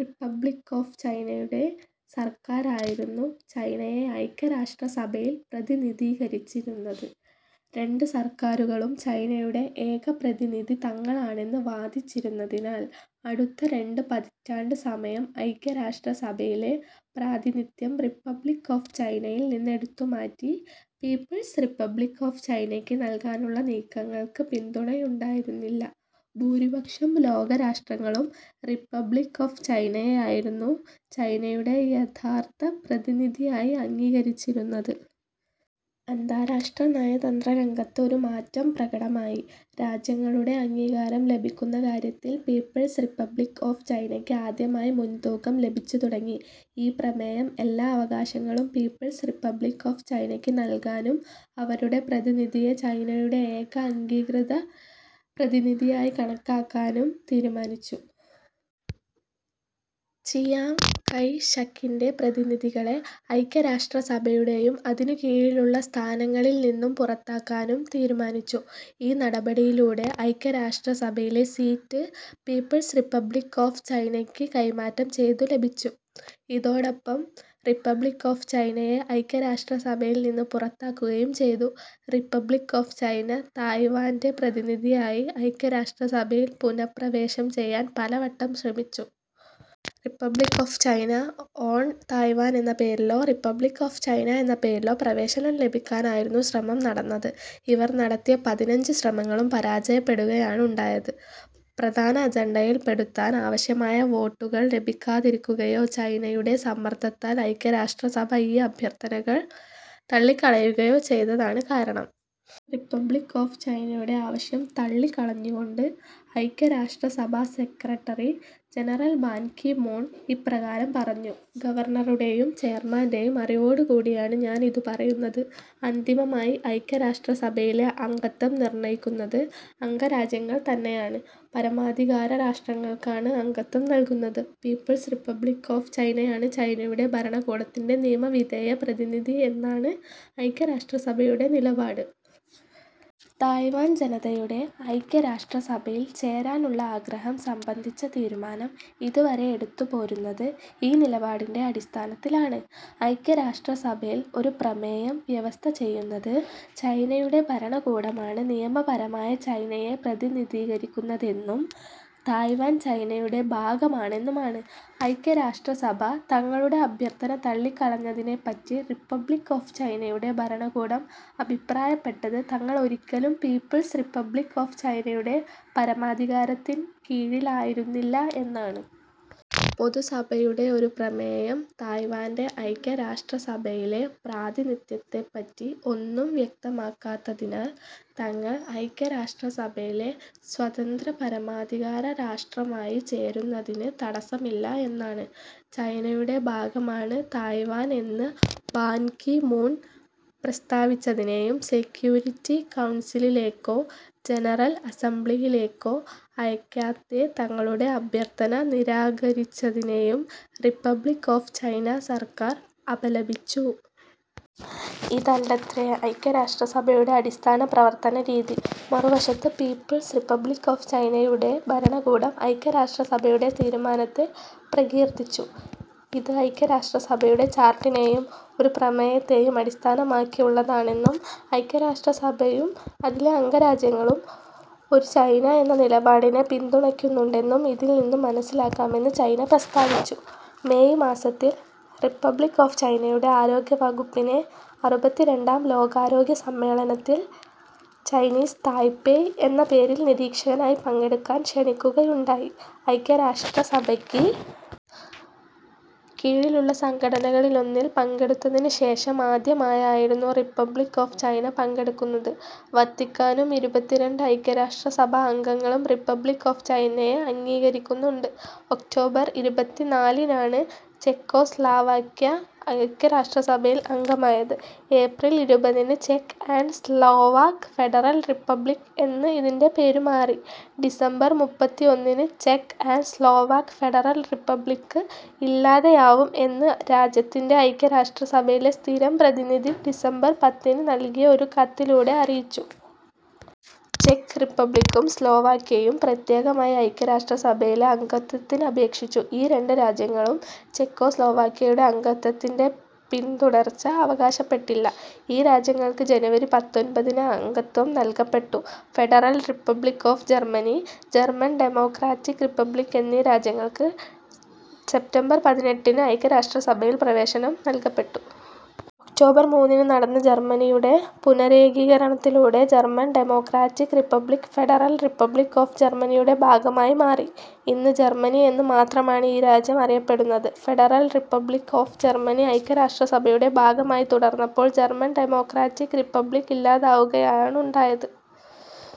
Republic of ചൈനയുടെ സർക്കാരായിരുന്നു ചൈനയെ ഐക്യരാഷ്ട്രസഭയിൽ പ്രതിനിധീകരിച്ചിരുന്നത്. രണ്ട് സർക്കാരുകളും ചൈനയുടെ ഏക പ്രതിനിധി തങ്ങളാണെന്ന് വാദിച്ചിരുന്നതിനാൽ അടുത്ത രണ്ട് പതിറ്റാണ്ട് സമയം ഐക്യരാഷ്ട്രസഭയിലെ പ്രാതിനിത്യം റിപ്പബ്ലിക്ക് ഓഫ് ചൈനയിൽ നിന്നെടുത്തുമാറ്റി പീപ്പിൾസ് റിപ്പബ്ലിക്ക് ഓഫ് ചൈനയ്ക്ക് നൽകാനുള്ള നീക്കങ്ങൾക്ക് പിന്തുണയുണ്ടായിരുന്നില്ല. ഭൂരിപക്ഷം ലോകരാഷ്ട്രങ്ങളും റിപ്പബ്ലിക്ക് ഓഫ് ചൈനയെയായിരുന്നു ചൈനയുടെ യഥാർത്ഥ പ്രതിനിധിയായി അംഗീകരിച്ചിരുന്നത്. അന്താരാഷ്ട്ര നയതന്ത്രരംഗത്ത് ഒരു മാറ്റം പ്രകടമായി. രാജ്യങ്ങളുടെ അംഗീകാരം ലഭിക്കുന്ന കാര്യത്തിൽ പീപ്പിൾസ് റിപ്പബ്ലിക്ക് ഓഫ് ചൈനയ്ക്ക് ആദ്യമായി മുൻതൂക്കം ലഭിച്ചുതുടങ്ങി. ഈ പ്രമേയം എല്ലാ അവകാശങ്ങളും പീപ്പിൾസ് റിപ്പബ്ലിക്ക് ഓഫ് ചൈനയ്ക്ക് നൽകാനും അവരുടെ പ്രതിനിധിയെ ചൈനയുടെ ഏക അംഗീകൃത പ്രതിനിധിയായി കണക്കാക്കാനും തീരുമാനിച്ചു. ചിയാംഗ് കൈ ഷകിൻ്റെ പ്രതിനിധികളെ ഐക്യരാഷ്ട്രസഭയുടെയും അതിനു കീഴിലുള്ള സ്ഥാനങ്ങളിൽ നിന്നും പുറത്താക്കാനും തീരുമാനിച്ചു. ഈ നടപടിയിലൂടെ ഐക്യരാഷ്ട്രസഭയിലെ സീറ്റ് പീപ്പിൾസ് റിപ്പബ്ലിക്ക് ഓഫ് ചൈനയ്ക്ക് കൈമാറ്റം ചെയ്തു ലഭിച്ചു. ഇതോടൊപ്പം റിപ്പബ്ലിക്ക് ഓഫ് ചൈനയെ ഐക്യരാഷ്ട്രസഭയിൽ നിന്ന് പുറത്താക്കുകയും ചെയ്തു. റിപ്പബ്ലിക്ക് ഓഫ് ചൈന തായ്‌വാന്റെപ്രതിനിധിയായി ഐക്യരാഷ്ട്രസഭയിൽ പുനഃപ്രവേശം ചെയ്യാൻ പലവട്ടം ശ്രമിച്ചു. Republic of China on Taiwan എന്ന പേരിലോ റിപ്പബ്ലിക്ക് ഓഫ് ചൈന എന്ന പേരിലോ പ്രവേശനം ലഭിക്കാനായിരുന്നു ശ്രമം നടന്നത്. ഇവർ നടത്തിയ പതിനഞ്ച് ശ്രമങ്ങളും പരാജയപ്പെടുകയാണുണ്ടായത്. പ്രധാന അജണ്ടയിൽ പെടുത്താൻ ആവശ്യമായ വോട്ടുകൾ ലഭിക്കാതിരിക്കുകയോ ചൈനയുടെ സമ്മർദ്ദത്താൽ ഐക്യരാഷ്ട്രസഭ ഈ അഭ്യർത്ഥനകൾ തള്ളിക്കളയുകയോ ചെയ്തതാണ് കാരണം. റിപ്പബ്ലിക്ക് ഓഫ് ചൈനയുടെ ആവശ്യം തള്ളിക്കളഞ്ഞുകൊണ്ട് ഐക്യരാഷ്ട്രസഭാ Secretary General Ban Ki Moon ഇപ്രകാരം പറഞ്ഞു. ഗവർണറുടെയും ചെയർമാൻ്റെയും അറിവോടുകൂടിയാണ് ഞാൻ ഇത് പറയുന്നത്. അന്തിമമായി ഐക്യരാഷ്ട്രസഭയിലെ അംഗത്വം നിർണയിക്കുന്നത് അംഗരാജ്യങ്ങൾ തന്നെയാണ്. പരമാധികാരരാഷ്ട്രങ്ങൾക്കാണ് അംഗത്വം നൽകുന്നത്. പീപ്പിൾസ് റിപ്പബ്ലിക്ക് ഓഫ് ചൈനയാണ് ചൈനയുടെ ഭരണകൂടത്തിൻ്റെ നിയമവിധേയ പ്രതിനിധി എന്നാണ് ഐക്യരാഷ്ട്രസഭയുടെ നിലപാട്. തായ്‌വാൻ ജനതയുടെ ഐക്യരാഷ്ട്രസഭയിൽ ചേരാനുള്ള ആഗ്രഹം സംബന്ധിച്ച തീരുമാനം ഇതുവരെ എടുത്തുപോരുന്നത് ഈ നിലപാടിൻ്റെ അടിസ്ഥാനത്തിലാണ്. ഐക്യരാഷ്ട്രസഭയിൽ ഒരു പ്രമേയം വ്യവസ്ഥ ചെയ്യുന്നത്, ചൈനയുടെ ഭരണകൂടമാണ് നിയമപരമായി ചൈനയെ പ്രതിനിധീകരിക്കുന്നതെന്നും തായ്‌വാൻ ചൈനയുടെ ഭാഗമാണെന്നുമാണ്. ഐക്യരാഷ്ട്രസഭ തങ്ങളുടെ അഭ്യർത്ഥന തള്ളിക്കളഞ്ഞതിനെപ്പറ്റി റിപ്പബ്ലിക്ക് ഓഫ് ചൈനയുടെ ഭരണകൂടം അഭിപ്രായപ്പെട്ടത് തങ്ങൾ ഒരിക്കലും പീപ്പിൾസ് റിപ്പബ്ലിക്ക് ഓഫ് ചൈനയുടെ പരമാധികാരത്തിൻ കീഴിലായിരുന്നില്ല എന്നാണ്. പൊതുസഭയുടെ ഒരു പ്രമേയം തായ്‌വാന്റെഐക്യരാഷ്ട്രസഭയിലെ പ്രാതിനിത്യത്തെപ്പറ്റി ഒന്നും വ്യക്തമാക്കാത്തതിനാൽ തങ്ങൾ ഐക്യരാഷ്ട്രസഭയിലെ സ്വതന്ത്രപരമാധികാര രാഷ്ട്രമായി ചേരുന്നതിന് തടസ്സമില്ല എന്നാണ്. ചൈനയുടെ ഭാഗമാണ് തായ്‌വാൻ എന്ന് ബാൻ കി മൂൺ പ്രസ്താവിച്ചതിനെയും സെക്യൂരിറ്റി കൗൺസിലിലേക്കോ ജനറൽ അസംബ്ലിയിലേക്കോ അയയ്ക്കാതെ തങ്ങളുടെ അഭ്യർത്ഥന നിരാകരിച്ചതിനെയും റിപ്പബ്ലിക്ക് ഓഫ് ചൈന സർക്കാർ അപലപിച്ചു. ഇതല്ലത്രേ ഐക്യരാഷ്ട്രസഭയുടെ അടിസ്ഥാന പ്രവർത്തനരീതി. മറുവശത്ത് പീപ്പിൾസ് റിപ്പബ്ലിക്ക് ഓഫ് ചൈനയുടെ ഭരണകൂടം ഐക്യരാഷ്ട്രസഭയുടെ തീരുമാനത്തെ പ്രകീർത്തിച്ചു. ഇത് ഐക്യരാഷ്ട്രസഭയുടെ ചാർട്ടറിനെയും ഒരു പ്രമേയത്തെയും അടിസ്ഥാനമാക്കിയുള്ളതാണെന്നും, ഐക്യരാഷ്ട്രസഭയും അതിലെ അംഗരാജ്യങ്ങളും ഒരു ചൈന എന്ന നിലപാടിനെ പിന്തുണയ്ക്കുന്നുണ്ടെന്നും ഇതിൽ നിന്ന് മനസ്സിലാക്കാമെന്ന് ചൈന പ്രസ്താവിച്ചു. മേയ് മാസത്തിൽ റിപ്പബ്ലിക്ക് ഓഫ് ചൈനയുടെ ആരോഗ്യവകുപ്പിനെ അറുപത്തിരണ്ടാം ലോകാരോഗ്യ സമ്മേളനത്തിൽ ചൈനീസ് തായ്പേയ് എന്ന പേരിൽ നിരീക്ഷകനായി പങ്കെടുക്കാൻ ക്ഷണിക്കുകയുണ്ടായി. ഐക്യരാഷ്ട്രസഭയ്ക്ക് കീഴിലുള്ള സംഘടനകളിലൊന്നിൽ പങ്കെടുത്തതിന് ശേഷം ആദ്യമായായിരുന്നു റിപ്പബ്ലിക്ക് ഓഫ് ചൈന പങ്കെടുക്കുന്നത്. വത്തിക്കാനും ഇരുപത്തിരണ്ട് ഐക്യരാഷ്ട്രസഭാ അംഗങ്ങളും റിപ്പബ്ലിക്ക് ഓഫ് ചൈനയെ അംഗീകരിക്കുന്നുണ്ട്. ഒക്ടോബർ ഇരുപത്തി നാലിനാണ് ചെക്കോസ്ലാവാക്യ ഐക്യരാഷ്ട്രസഭയിൽ അംഗമായത്. ഏപ്രിൽ ഇരുപതിന് ചെക്ക് ആൻഡ് സ്ലോവാക്ക് ഫെഡറൽ റിപ്പബ്ലിക്ക് എന്ന് ഇതിൻ്റെ പേരുമാറി. ഡിസംബർ മുപ്പത്തി ഒന്നിന് ചെക്ക് ആൻഡ് സ്ലോവാക്ക് ഫെഡറൽ റിപ്പബ്ലിക്ക് ഇല്ലാതെയാവും എന്ന് രാജ്യത്തിൻ്റെ ഐക്യരാഷ്ട്രസഭയിലെ സ്ഥിരം പ്രതിനിധി ഡിസംബർ പത്തിനു നൽകിയ ഒരു കത്തിലൂടെ അറിയിച്ചു. ചെക്ക് റിപ്പബ്ലിക്കും സ്ലോവാക്യയും പ്രത്യേകമായി ഐക്യരാഷ്ട്രസഭയിലെ അംഗത്വത്തിനപേക്ഷിച്ചു. ഈ രണ്ട് രാജ്യങ്ങളും ചെക്കോസ്ലോവാക്യയുടെ അംഗത്വത്തിൻ്റെ പിൻതുടർച്ച അവകാശപ്പെട്ടില്ല. ഈ രാജ്യങ്ങൾക്ക് ജനുവരി പത്തൊൻപതിനു അംഗത്വം നൽകപ്പെട്ടു. Federal Republic of Germany, German Democratic Republic എന്നീ രാജ്യങ്ങൾക്ക് സെപ്റ്റംബർ പതിനെട്ടിന് ഐക്യരാഷ്ട്രസഭയിൽ പ്രവേശനം നൽകപ്പെട്ടു. ഒക്ടോബർ മൂന്നിന് നടന്ന ജർമനിയുടെ പുനരേകീകരണത്തിലൂടെ German Democratic Republic Federal Republic of ജർമനിയുടെ ഭാഗമായി മാറി. ഇന്ന് ജർമനി എന്നു മാത്രമാണ് ഈ രാജ്യം അറിയപ്പെടുന്നത്. ഫെഡറൽ റിപ്പബ്ലിക്ക് ഓഫ് ജർമനി ഐക്യരാഷ്ട്രസഭയുടെ ഭാഗമായി തുടർന്നപ്പോൾ ജർമൻ ഡെമോക്രാറ്റിക് റിപ്പബ്ലിക്ക് ഇല്ലാതെയാവുകയാണുണ്ടായത്.